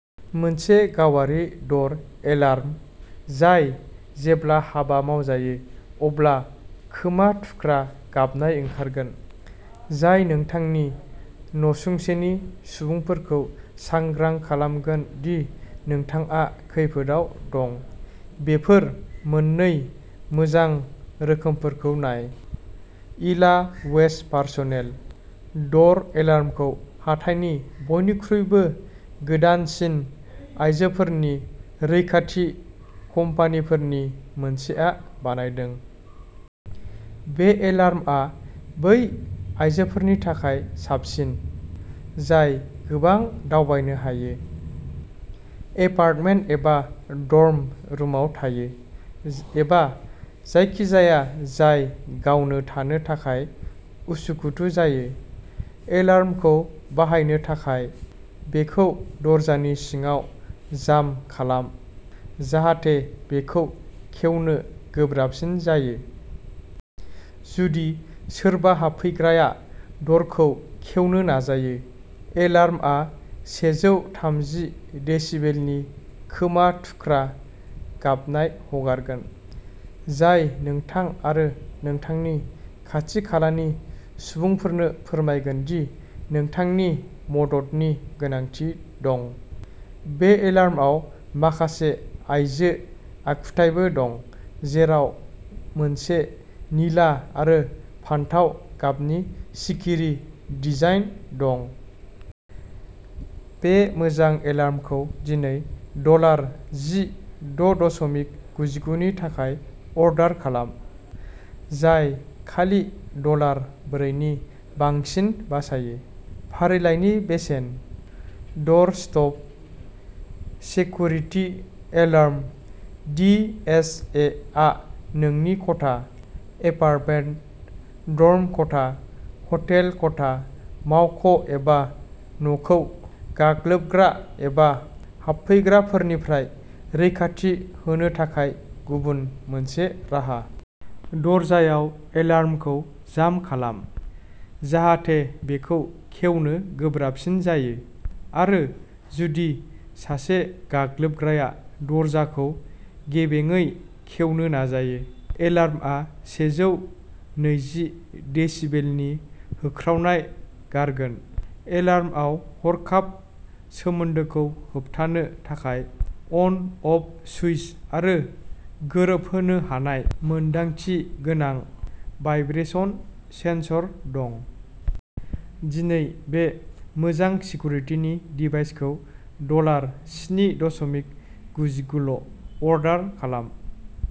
मोनसे गावारि द'र एलार्म, जाय जेब्ला हाबा मावजायो, अब्ला खोमा थुख्रा गाबनाय ओंखारगोन, जाय नोंथांनि न'सुंसेनि सुबुंफोरखौ सांग्रां खालामगोन दि नोंथाङा खैफोदआव दं। बेफोर मोननै मोजां रोखोमफोरखौ नाय। इला वेज पार्सनेल द'र एलार्मखौ हाथाइनि बयनिख्रुइबो गोदानसिन आयजोफोरनि रैखाथि कम्पानिफोरनि मोनसेआ बानायदों। बे एलार्मआ बै आयजोफोरनि थाखाय साबसिन, जाय गोबां दावबायनो हायो, एपार्टमेन्ट एबा डर्म रुमाव थायो, एबा जायखिजाया जाय गावनो थानो थाखाय उसुखुथु जायो। एलार्मखौ बाहायनो थाखाय, बेखौ दरजानि सिङाव जाम खालाम, जाहाथे बेखौ खेवनो गोब्राबसिन जायो। जुदि सोरबा हाबफैग्राया द'रखौ खेवनो नाजायो, एलार्मआ सेजौ थामजि डेसिबेलनि खोमा थुख्रा गाबनाय हगारगोन, जाय नोंथां आरो नोंथांनि खाथि खालानि सुबुंफोरनो फोरमायगोन दि नोंथांनो मददनि गोनांथि दं। बे एलार्माव माखासे आइजो आखुथायबो दं, जेराव मोनसे निला आरो फान्थाव गाबनि सिखिरि डिजाइन दं। बे मोजां एलार्मखौ दिनै डलार जि द' दसमिक गुजिगुनि थाखाय अर्डार खालाम, जाय खालि डलार ब्रैनि बांसिन बासायो। फारिलाइनि बेसेन! Door stop security alarm D S A आ नोंनि खथा, एपार्टमेन्ट, ड'र्म खथा, हटेल खथा, मावख' एबा न'खौ गाग्लोबग्रा एबा हाबफैग्राफोरनिफ्राय रैखाथि होनो थाखाय गुबुन मोनसे राहा। दरजायाव एलार्मखौ जाम खालाम, जाहाथे बेखौ खेवनो गोब्राबसिन जायो, आरो जुदि सासे गाग्लोबग्राया दरजाखौ गेबेंयै खेवनो नाजायो, एलार्मआ सेजौ नैजि डेसिबेलनि होख्रावनाय गारगोन। एलार्मआव हरखाब सोमोन्दोखौ होबथानो थाखाय अन अफ सुइच आरो गोरोबहोनो हानाय मोनदांथि गोनां भाइब्रेशन सेनसर दं। दिनै बे मोजां सेकुरिटि डिभाइसखौ डलार स्नि दसमिक गुजिगुल' अर्डार खालाम!